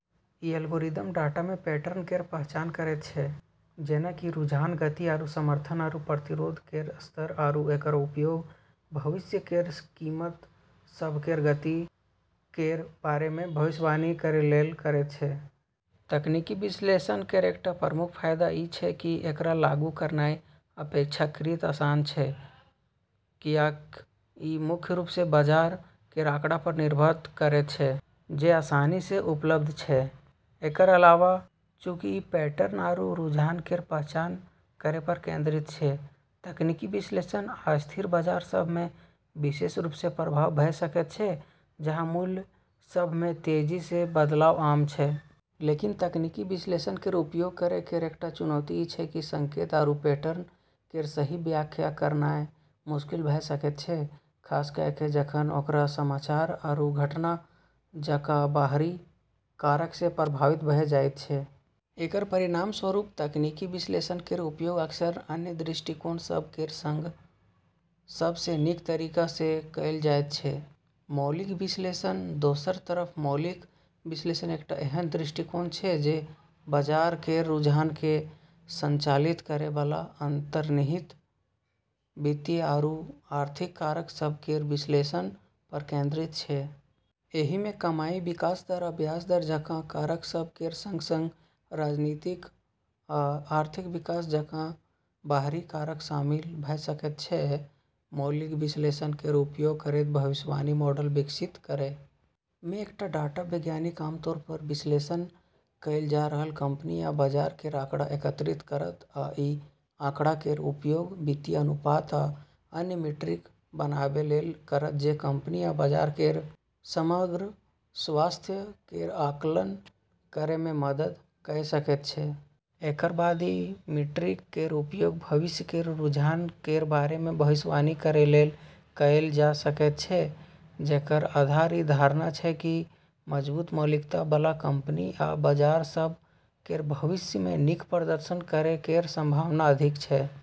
ई algorithm data मे pattern केर पहचान करैत छै, जेना कि रुझान, गति, आरू समर्थन आरू प्रतिरोध केर स्तर, आरू एकर उपयोग भविष्य केर कीमत सभ केर गति केर बारे मे भविष्यवाणी करै लेल करैत छै। तकनीकी विश्लेषण केर एकटा प्रमुख फायदा ई छै कि एकरा लागू करनाय अपेक्षाकृत आसान छै, कियाक ई मुख्य रूप सँ बाजार केर आँकड़ा पर निर्भर करैत छै जे आसानी सँ उपलब्ध छै। एकर अलावा, चूंकि ई पैटर्न आरू रुझान केर पहचान करै पर केंद्रित छै, तकनीकी विश्लेषण अस्थिर बाजार सभ मे विशेष रूप सँ प्रभावी भऽ सकैत छै, जहाँ मूल्य सभ मे तेजी सँ बदलाव आम छै। लेकिन तकनीकी विश्लेषण केर उपयोग करै केर एकटा चुनौती ई छै कि संकेत आरू पैटर्न केर सही व्याख्या करनाय मुश्किल भऽ सकैत छै, खास कऽ कऽ जखन ओकरा समाचार आरू घटना जकाँ बाहरी कारक सँ प्रभावित भऽ जाइत छै। एकर परिणामस्वरूप तकनीकी विश्लेषण केर उपयोग अक्सर अन्य दृष्टिकोण सभ केर सँग सब सँ नीक तरीका सँ कएल जाइत छै। मौलिक विश्लेषण दोसर तरफ मौलिक विश्लेषण एकटा एहन दृष्टिकोण छै जे बाजार केर रुझान केँ संचालित करै बला अंतर्निहित वित्तीय आरू आर्थिक कारक सभ केर विश्लेषण पर केंद्रित छै। एहि मे कमाई, विकास दर, आ ब्याज दर जकाँ कारक सभ केर सँग-सँग राजनीतिक आ आर्थिक विकास जकाँ बाहरी कारक शामिल भऽ सकैत छै। मौलिक विश्लेषण केर उपयोग करैत भविष्यवाणी मॉडल विकसित करै मे, एकटा डाटा वैज्ञानिक आम तौर पर विश्लेषण कएल जा रहल कंपनी या बाजार केर आँकड़ा एकत्रित करत, आ ई आँकड़ा केर उपयोग वित्तीय अनुपात आ अन्य मीट्रिक बनाबै लेल करत जे कंपनी या बाजार केर समग्र स्वास्थ्य केर आकलन करै मे मदद कऽ सकैत छै। एकर बाद ई मीट्रिक केर उपयोग भविष्य केर रुझान केर बारे मे भविष्यवाणी करै लेल कएल जा सकैत छै, जेकर आधार ई धारणा छै कि मजबूत मौलिकता बला कंपनी या बाजार सभ केर भविष्य मे नीक प्रदर्शन करै केर संभावना अधिक छै।